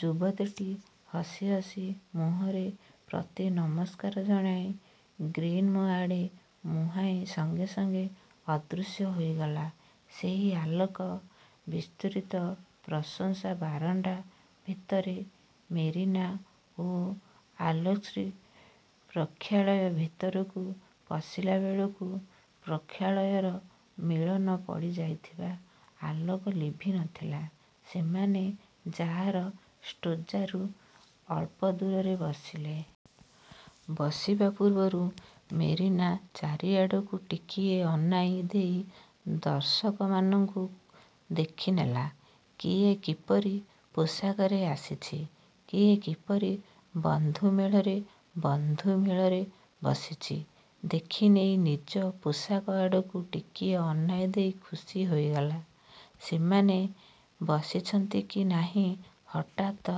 ଯୁବତୀଟି ହସହସ ମୁହଁରେ ପ୍ରତିନମସ୍କାର ଜଣାଇ ଗ୍ରୀନ୍ରୁମ୍ ଆଡ଼େ ମୁହାଁଇ ସଙ୍ଗେ ସଙ୍ଗେ ଅଦୃଶ୍ୟ ହୋଇଗଲା ସେହି ଆଲୋକ-ବିଚ୍ଛୁରିତ ପ୍ରଶସ୍ତ ବାରଣ୍ଡା ଭିତରେ। ମେରିନା ଓ ଆଲେସ୍କି ପ୍ରେକ୍ଷାଳୟ ଭିତରକୁ ପଶିଲାବେଳକୁ ପ୍ରେକ୍ଷାଳୟର ମଳିନ ପଡ଼ିଯାଇଥିବା ଆଲୋକ ଲିଭି ନଥାଏ। ସେମାନେ ଯାଇ ଷ୍ଟେଜ୍ଠାରୁ ଅଳ୍ପଦୂରରେ ବସିଲେ। ବସିବା ପୂର୍ବରୁ ମେରିନା ଚାରିଆଡ଼କୁ ଟିକିଏ ଅନାଇ ଦେଇ ଦର୍ଶକମାନଙ୍କୁ ଦେଖିନେଲା। କିଏ କିପରି ପୋଷାକରେ ଆସିଛି, କିଏ କିପରି ବନ୍ଧୁମେଳରେ ବନ୍ଧୁମେଳରେ ବସିଛି ଦେଖିନେଇ ନିଜ ପୋଷାକ ଆଡ଼କୁ ଟିକିଏ ଅନାଇ ଦେଇ ଖୁସି ହୋଇଗଲା। ସେମାନେ ବସିଛନ୍ତି କି ନାହିଁ ହଠାତ୍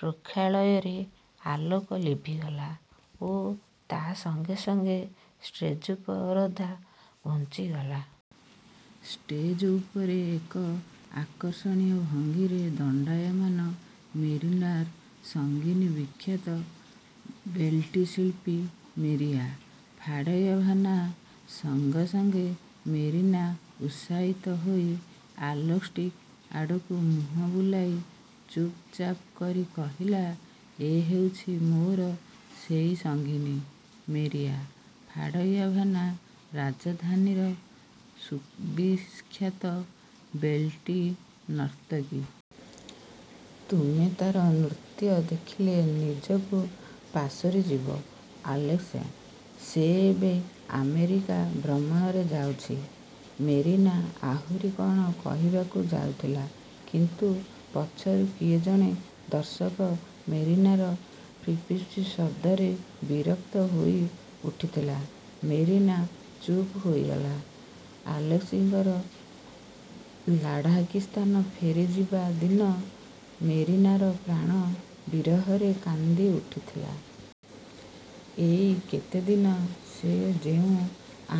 ପ୍ରେକ୍ଷାଳୟର ଆଲୋକ ଲିଭିଗଲା ଓ ତା ସଙ୍ଗେ ସଙ୍ଗେ ଷ୍ଟେଜ୍ର ପରଦା ଘୁଞ୍ଚିଗଲା। ଷ୍ଟେଜ୍ ଉପରେ ଏକ ଆକର୍ଷଣୀୟ ଭଙ୍ଗୀରେ ଦଣ୍ଡାୟମାନା ମେରିନାର ସଙ୍ଗିନୀ ବିଖ୍ୟାତ ବେଲେଟ୍-ଶିଳ୍ପୀ ମେରିଆ ଫାଡ଼େୟାଭନା। ସଙ୍ଗେ ସଙ୍ଗେ ମେରିନା ଉତ୍ସାହିତ ହୋଇ ଆଲେସ୍କିଙ୍କ ଆଡ଼କୁ ମୁହଁ ବୁଲାଇ ଚୁପ୍ଚୁପ୍ କରି କହିଲା– ଏ ହେଉଛି ମୋର ସେଇ ସଙ୍ଗିନୀ ମେରିଆ ଫାଡ଼େୟାଭନା–ରାଜଧାନୀର ସୁବିଖ୍ୟାତ ବେଲେଟ୍ ନର୍ତ୍ତକୀ। ତୁମେ ତା'ର ନୃତ୍ୟ ଦେଖିଲେ ନିଜକୁ ପାସୋରିଯିବ ଆଲେସ୍କି! ସେ ଏବେ ଆମେରିକା ଭ୍ରମଣରେ ଯାଉଛି। '' ମେରିନା ଆହୁରି କ'ଣ କହିବାକୁ ଯାଉଥିଲା; କିନ୍ତୁ ପଛରୁ କିଏ ଜଣେ ଦର୍ଶକ ମେରିନାର ଫିସ୍ଫିସ୍ ଶବ୍ଦରେ ବିରକ୍ତ ହୋଇଉଠିଥିଲେ। ମେରିନା ଚୁପ୍ ହୋଇଗଲା। ଆଲେସ୍କିଙ୍କର ଲାଢ଼ାକିସ୍ଥାନ ଫେରିଯିବା ଦିନ ମେରିନାର ପ୍ରାଣ ବିରହରେ କାନ୍ଦି ଉଠୁଥାଏ। ଏଇ କେତେଦିନ ସେ ଯେଉଁ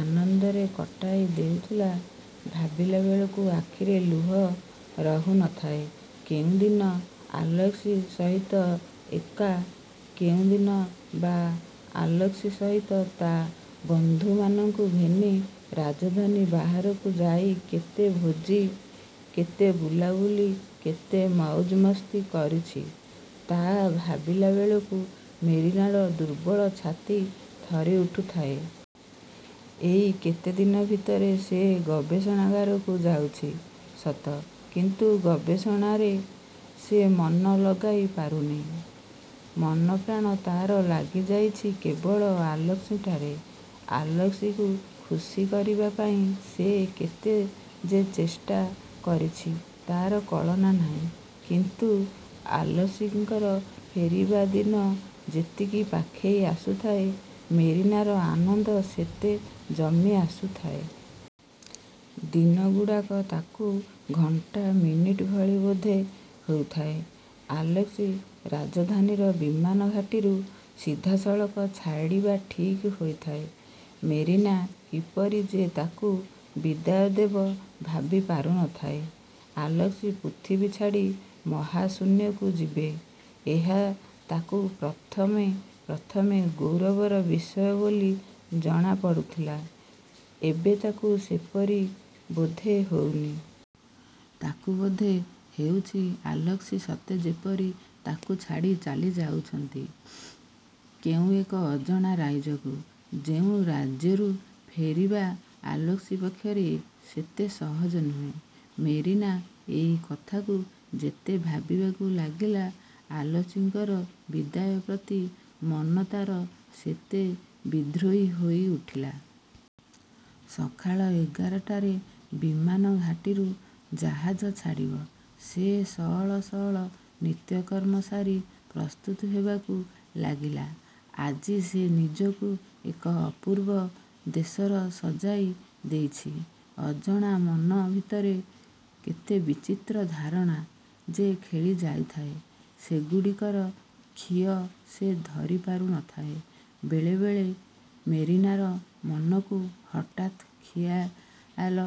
ଆନନ୍ଦରେ କଟାଇ ଦେଇଥିଲା, ଭାବିଲାବେଳକୁ ଆଖିରେ ଲୁହ ରହୁ ନଥାଏ। କେଉଁ ଦିନ ଆଲେସ୍କି ସହିତ ଏକା, କେଉଁ ଦିନ ବା ଆଲେସ୍କି ସହିତ ତା' ବନ୍ଧୁମାନଙ୍କୁ ଘେନି ରାଜଧାନୀ ବାହାରକୁ ଯାଇ କେତେ ଭୋଜି, କେତେ ବୁଲାବୁଲି କେତେ ମଉଜ ମଜ୍ଲିସ୍ କରିଛି; ତା ଭାବିଲାବେଳକୁ ମେରିନାର ଦୁର୍ବଳ ଛାତି ଥରିଉଠୁଥାଏ। ଏଇ କେତେଦିନ ଭିତରେ ସେ ଗବେଷଣାଗାରକୁ ଯାଇଛି ସତ; କିନ୍ତୁ ଗବେଷଣାରେ ସେ ମନ ଲଗାଇପାରିନି। ମନପ୍ରାଣ ତା'ର ଲାଗିଯାଇଛି କେବଳ ଆଲେସ୍କିଠାରେ। ଆଲେସ୍କିକୁ ଖୁସି କରିବା ପାଇଁ ସେ କେତେ ଯେ ଚେଷ୍ଟା କରିଛି ତା'ର କଳନା ନାହିଁ। କିନ୍ତୁ ଆଲେସ୍କିଙ୍କର ଫେରିଯିବା ଦିନ ଯେତିକି ପାଖେଇ ଆସୁଥାଏ, ମେରିନାର ଆନନ୍ଦ ସେତେ କମି ଆସୁଥାଏ। ଦିନଗୁଡ଼ାକ ତାକୁ ଘଣ୍ଟା ମିନିଟ୍ ଭଳି ବୋଧ ହେଉଥାଏ। ଆଲେସ୍କି ରାଜଧାନୀର ବିମାନଘାଟିରୁ ସିଧାସଳଖ ଛାଡ଼ିବା ଠିକ୍ ହୋଇଥାଏ। ମେରିନା କିପରି ଯେ ତା'ଙ୍କୁ ବିଦାୟ ଦେବ ଭାବି ପାରୁ ନ ଥାଏ। ଆଲେସ୍କି ପୃଥିବୀ ଛାଡ଼ି ମହାଶୂନ୍ୟକୁ ଯିବେ, ଏହା ତା'କୁ ପ୍ରଥମେ ପ୍ରଥମେ ଗୌରବର ବିଷୟ ବୋଲି ଜଣାପଡ଼ୁଥିଲା, ଏବେ ତା'କୁ ସେପରି ବୋଧ ହେଉନି। ତାକୁ ବୋଧ ହେଉଛି ଆଲେସ୍କି ସତେ ଯେପରି ତା'କୁ ଛାଡ଼ି ଚାଲିଯାଉଛନ୍ତି କେଉଁ ଏକ ଅଜଣା ରାଇଜକୁ–ଯେଉଁ ରାଜ୍ୟରୁ ଫେରିବା ଆଲେସ୍କି ପକ୍ଷରେ ସେତେ ସହଜ ନୁହେଁ। ମେରିନା ଏଇ କଥାକୁ ଯେତେ ଭାବିବାକୁ ଲାଗିଲା, ଆଲେସ୍କିଙ୍କର ବିଦାୟ ପ୍ରତି ମନ ତା'ର ସେତେ ବିଦ୍ରୋହୀ ହୋଇ ଉଠିଲା। ସକାଳ ଏଗାରଟାରେ ବିମମାନଘାଟିରୁ ଜାହାଜ ଛାଡ଼ିବ। ସେ ସଅଳ ସଅଳ ନିତ୍ୟକର୍ମ ସାରି ପ୍ରସ୍ତୁତ ହେବାକୁ ଲାଗିଲା। ଆଜି ସେ ନିଜକୁ ଏକ ଅପୂର୍ବ ବେଶରେ ସଜାଇ ଦେଇଛି। ଅଜଣା ମନ ଭିତରେ କେତେ ବିଚିତ୍ର ଧାରଣା ଯେ ଖେଳିଯାଉଥାଏ, ସେଗୁଡ଼ିକର ଖିଅ ସେ ଧରିପାରୁ ନ ଥାଏ। ବେଳେବେଳେ ମେରିନାର ମନକୁ ହଠାତ୍ ଖିଆଲ